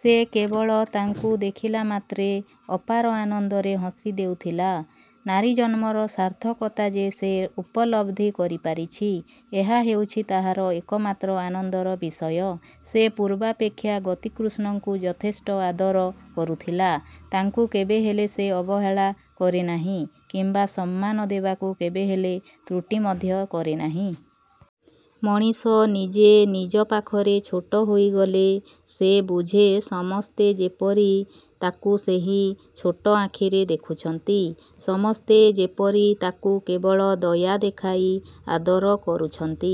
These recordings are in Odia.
ସେ କେବଳ ତାଙ୍କୁ ଦେଖିଲାମାତ୍ରେ ଅପାର ଆନନ୍ଦରେ ହସି ଦେଉଥିଲା। ନାରୀ ଜନ୍ମର ସାର୍ଥକତା ଯେ ସେ ଉପଲବ୍ଧି କରିପାରିଛି ଏହା ହେଉଛି ତାହାର ଏକମାତ୍ର ଆନନ୍ଦର ବିଷୟ। ସେ ପୂର୍ବାପେକ୍ଷା ଗତିକୃଷ୍ଣଙ୍କୁ ଯଥେଷ୍ଟ ଆଦର କରୁଥିଲା। ତାଙ୍କୁ କେବେହେଲେ ସେ ଅବହେଳା କରେନାହିଁ କିମ୍ବା ସମ୍ମାନ ଦେବାକୁ କେବେହେଲେ ତ୍ରୁଟି ମଧ୍ୟ କରେନାହିଁ। ମଣିଷ ନିଜେ ନିଜ ପାଖରେ ଛୋଟ ହୋଇଗଲେ ସେ ବୁଝେ ସମସ୍ତେ ଯେପରି ତାକୁ ସେହି ଛୋଟ ଆଖିରେ ଦେଖୁଛନ୍ତି। ସମସ୍ତେ ଯେପରି ତାକୁ କେବଳ ଦୟା ଦେଖାଇ ଆଦର କରୁଛନ୍ତି।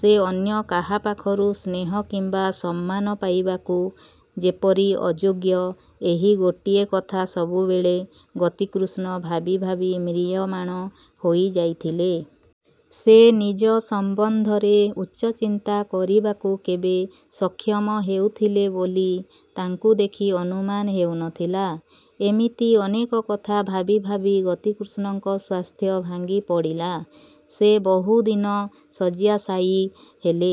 ସେ ଅନ୍ୟ କାହାପାଖରୁ ସ୍ନେହ କିମ୍ବା ସମ୍ମାନ ପାଇବାକୁ ଯେପରି ଅଯୋଗ୍ୟ ଏହି ଗୋଟିଏ କଥା ସବୁବେଳେ ଗତିକୃଷ୍ଣ ଭାବିଭାବି ମ୍ରିୟମାଣ ହୋଇଯାଇଥିଲେ। ସେ ନିଜ ସମ୍ବନ୍ଧରେ ଉଚ୍ଚଚିନ୍ତା କରିବାକୁ କେବେ ସକ୍ଷମ ହେଉଥିଲେ ବୋଲି ତାଙ୍କୁ ଦେଖି ଅନୁମାନ ହେଉନଥିଲା। ଏମିତି ଅନେକ କଥା ଭାବି ଭାବି ଗତିକୃଷ୍ଣଙ୍କ ସ୍ୱାସ୍ଥ୍ୟ ଭାଙ୍ଗିପଡ଼ିଲା। ସେ ବହୁଦିନ ଶଯ୍ୟାଶାୟୀ ହେଲେ।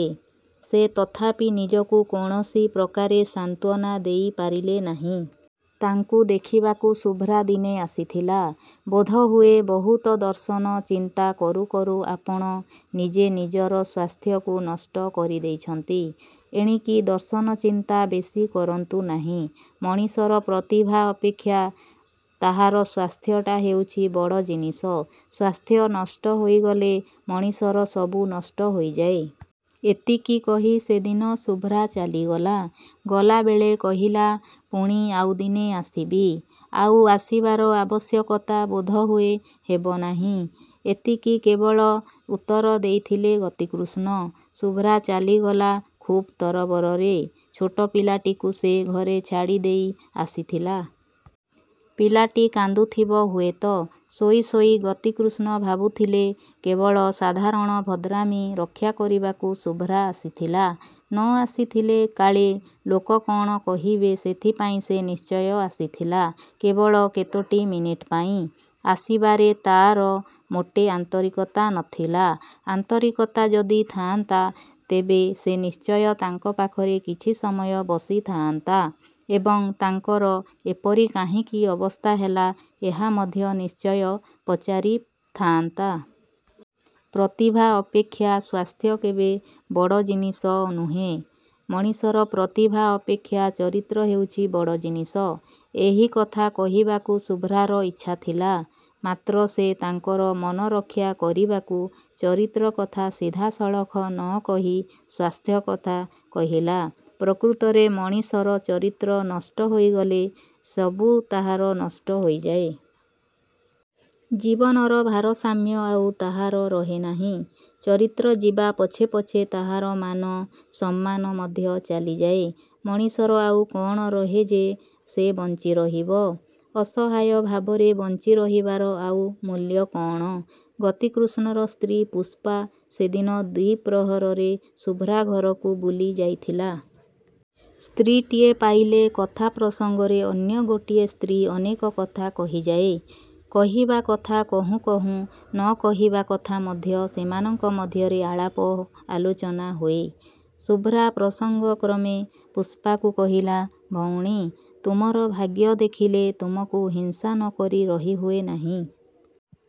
ସେ ତଥାପି ନିଜକୁ କୌଣସି ପ୍ରକାରେ ସାନ୍ତ୍ୱାନା ଦେଇପାରିଲେ ନାହିଁ। ତାଙ୍କୁ ଦେଖିବାକୁ ଶୁଭ୍ରା ଦିନେ ଆସିଥିଲା। ବୋଧହୁଏ ବହୁତ ଦର୍ଶନ ଚିନ୍ତା କରୁକରୁ ଆପଣ ନିଜେ ନିଜର ସ୍ୱାସ୍ଥ୍ୟକୁ ନଷ୍ଟ କରିଦେଇଛନ୍ତି। ଏଣିକି ଦର୍ଶନ ଚିନ୍ତା ବେଶି କରନ୍ତୁ ନାହିଁ। ମଣିଷର ପ୍ରତିଭା ଅପେକ୍ଷା ତାହାର ସ୍ୱାସ୍ଥ୍ୟଟା ହେଉଛି ବଡ଼ ଜିନିଷ। ସ୍ୱାସ୍ଥ୍ୟ ନଷ୍ଟ ହୋଇଗଲେ ମଣିଷର ସବୁ ନଷ୍ଟ ହୋଇଯାଏ। '' ଏତିକି କହି ସେଦିନ ଶୁଭ୍ରା ଚାଲିଗଲା। ଗଲାବେଳେ କହିଲା, ''ପୁଣି ଆଉଦିନେ ଆସିବି। '' ''ଆଉ ଆସିବାର ଆବଶ୍ୟକତା ବୋଧହୁଏ ହେବନାହିଁ। ଏତିକି କେବଳ ଉତ୍ତର ଦେଇଥିଲେ ଗତିକୃଷ୍ଣ। '' ଶୁଭ୍ରା ଚାଲିଗଲା ଖୁବ୍ ତରବରରେ। ଛୋଟ ପିଲାଟିକୁ ସେ ଘରେ ଛାଡ଼ି ଦେଇ ଆସିଥିଲା। ପିଲାଟି କାନ୍ଦୁଥିବ ହୁଏତ। ଶୋଇଶୋଇ ଗତିକୃଷ୍ଣ ଭାବୁଥିଲେ କେବଳ ସାଧାରଣ ଭଦ୍ରାମି ରକ୍ଷାକରିବାକୁ ଶୁଭ୍ରା ଆସିଥିଲା, ନ ଆସିଥିଲେ କାଳେ ଲୋକ କ'ଣ କହିବେ ସେଥିପାଇଁ ସେ ନିଶ୍ଚୟ ଆସିଥିଲା କେବଳ କେତୋଟି ମିନିଟ୍ ପାଇଁ। ଆସିବାରେ ତା'ର ମୋଟେ ଆନ୍ତରିକତା ନ ଥିଲା। ଆନ୍ତରିକତା ଯଦି ଥାଆନ୍ତା ତେବେ ସେ ନିଶ୍ଚୟ ତାଙ୍କ ପାଖରେ କିଛି ସମୟ ବସିଥାଆନ୍ତା ଏବଂ ତାଙ୍କର ଏପରି କାହିଁକି ଅବସ୍ଥା ହେଲା ଏହା ମଧ୍ୟ ନିଶ୍ଚୟ ପଚାରିଥାଆନ୍ତି। ପ୍ରତିଭା ଅପେକ୍ଷା ସ୍ୱାସ୍ଥ୍ୟ କେବେ ବଡ଼ ଜିନିଷ ନୁହେଁ। ମଣିଷର ପ୍ରତିଭା ଅପେକ୍ଷା ଚରିତ୍ର ହେଉଛି ବଡ଼ ଜିନିଷ। ଏହିକଥା କହିବାକୁ ଶୁଭ୍ରାର ଇଚ୍ଛା ଥିଲା; ମାତ୍ର ସେ ତାଙ୍କର ମନରକ୍ଷା କରିବାକୁ ଚରିତ୍ର କଥା ସିଧାସଳଖ ନ କହି ସ୍ୱାସ୍ଥ୍ୟ କଥା କହିଲା। ପ୍ରକୃତରେ ମଣିଷର ଚରିତ୍ର ନଷ୍ଟ ହୋଇଗଲେ ସବୁ ତାହାର ନଷ୍ଟ ହୋଇଯାଏ। ଜୀବନର ଭାରସାମ୍ୟ ଆଉ ତାହାର ରହେନାହିଁ। ଚରିତ୍ର ଯିବା ପଛେ ପଛେ ତାହାର ମାନ, ସମ୍ମାନ ମଧ୍ୟ ଚାଲିଯାଏ। ମଣିଷର ଆଉ କ'ଣ ରହେ ଯେ ସେ ବଞ୍ଚିରହିବ? ଅସହାୟ ଭାବରେ ବଞ୍ଚିରହିବାର ଆଉ ମୂଲ୍ୟ କ'ଣ? ଗତିକୃଷ୍ଣର ସ୍ତ୍ରୀ ପୁଷ୍ପା ସେଦିନ ଦ୍ୱିପ୍ରହରରେ ଶୁଭ୍ରା ଘରକୁ ବୁଲିଯାଇଥିଲା। ସ୍ତ୍ରୀଟିଏ ପାଇଲେ କଥା ପ୍ରସଙ୍ଗରେ ଅନ୍ୟ ଗୋଟିଏ ସ୍ତ୍ରୀ ଅନେକ କଥା କହିଯାଏ। କହିବା କଥା କହୁଁ କହୁଁ ନ କହିବା କଥା ମଧ୍ୟ ସେମାନଙ୍କ ମଧ୍ୟରେ ଆଳାପ ଆଲୋଚନା ହୁଏ। ଶୁଭ୍ରା ପ୍ରସଙ୍ଗକ୍ରମେ ପୁଷ୍ପାକୁ କହିଲା, ''ଭଉଣୀ! ତୁମର ଭାଗ୍ୟ ଦେଖିଲେ ତୁମକୁ ହିଂସା ନ କରି ରହିହୁଏ ନାହିଁ।।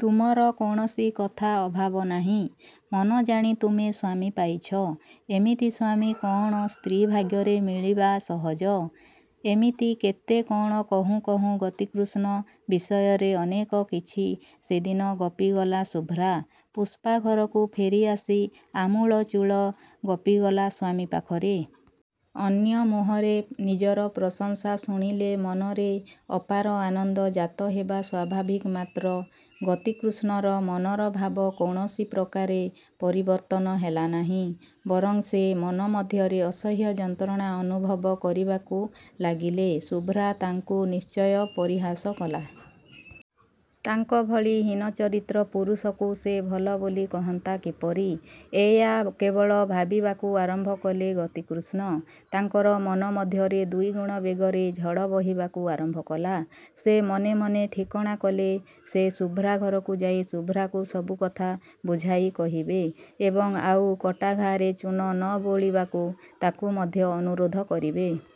ତୁମର କୌଣସି କଥା ଅଭାବ ନାହିଁ। ମନ ଜାଣି ତୁମେ ସ୍ୱାମୀ ପାଇଛ। ଏମିତି ସ୍ୱାମୀ କ'ଣ ସ୍ତ୍ରୀ ଭାଗ୍ୟରେ ମିଳିବା ସହଜ? '' ଏମିତି କେତେ କ'ଣ କହୁଁ କହୁଁ ଗତିକୃଷ୍ଣ ବିଷୟରେ ଅନେକ କିଛି ସେଦିନ ଗପିଗଲା ଶୁଭ୍ରା। ପୁଷ୍ପା ଘରକୁ ଫେରିଆସି ଆମୂଳଚୂଳ ଗପିଗଲା ସ୍ୱାମୀ ପାଖରେ। ଅନ୍ୟ ମୁହଁରେ ନିଜର ପ୍ରଶଂସା ଶୁଣିଲେ ମନରେ ଅପାର ଆନନ୍ଦ ଜାତ ହେବା ସ୍ୱାଭାବିକ ମାତ୍ର ଗତିକୃଷ୍ଣର ମନର ଭାବ କୌଣସି ପ୍ରକାରେ ପରିବର୍ତ୍ତନ ହେଲାନାହିଁ; ବରଂ ସେ ମନ ମଧ୍ୟରେ ଅସହ୍ୟ ଯନ୍ତ୍ରଣା ଅନୁଭବ କରିବାକୁ ଲାଗିଲେ। ଶୁଭ୍ରା ତାଙ୍କୁ ନିଶ୍ଚୟ ପରିହାସ କଲା। ତାଙ୍କ ଭଳି ହୀନଚରିତ୍ର ପୁରୁଷକୁ ସେ ଭଲ ବୋଲି କହନ୍ତା କିପରି? ଏୟା କେବଳ ଭାବିବାକୁ ଆରମ୍ଭ କଲେ ଗତିକୃଷ୍ଣ। ତାଙ୍କର ମନ ମଧ୍ୟରେ ଦୁଇଗୁଣ ବେଗରେ ଝଡ଼ ବହିବାକୁ ଆରମ୍ଭକଲା। ସେ ମନେମନେ ଠିକଣା କଲେ ସେ ଶୁଭ୍ରା ଘରକୁ ଯାଇ ଶୁଭ୍ରାକୁ ସବୁକଥା ବୁଝାଇ କହିବେ ଏବଂ ଆଉ କଟା ଘାଆରେ ଚୂନ ନ ବୋଳିବାକୁ ତାକୁ ମଧ୍ୟ ଅନୁରୋଧ କରିବେ।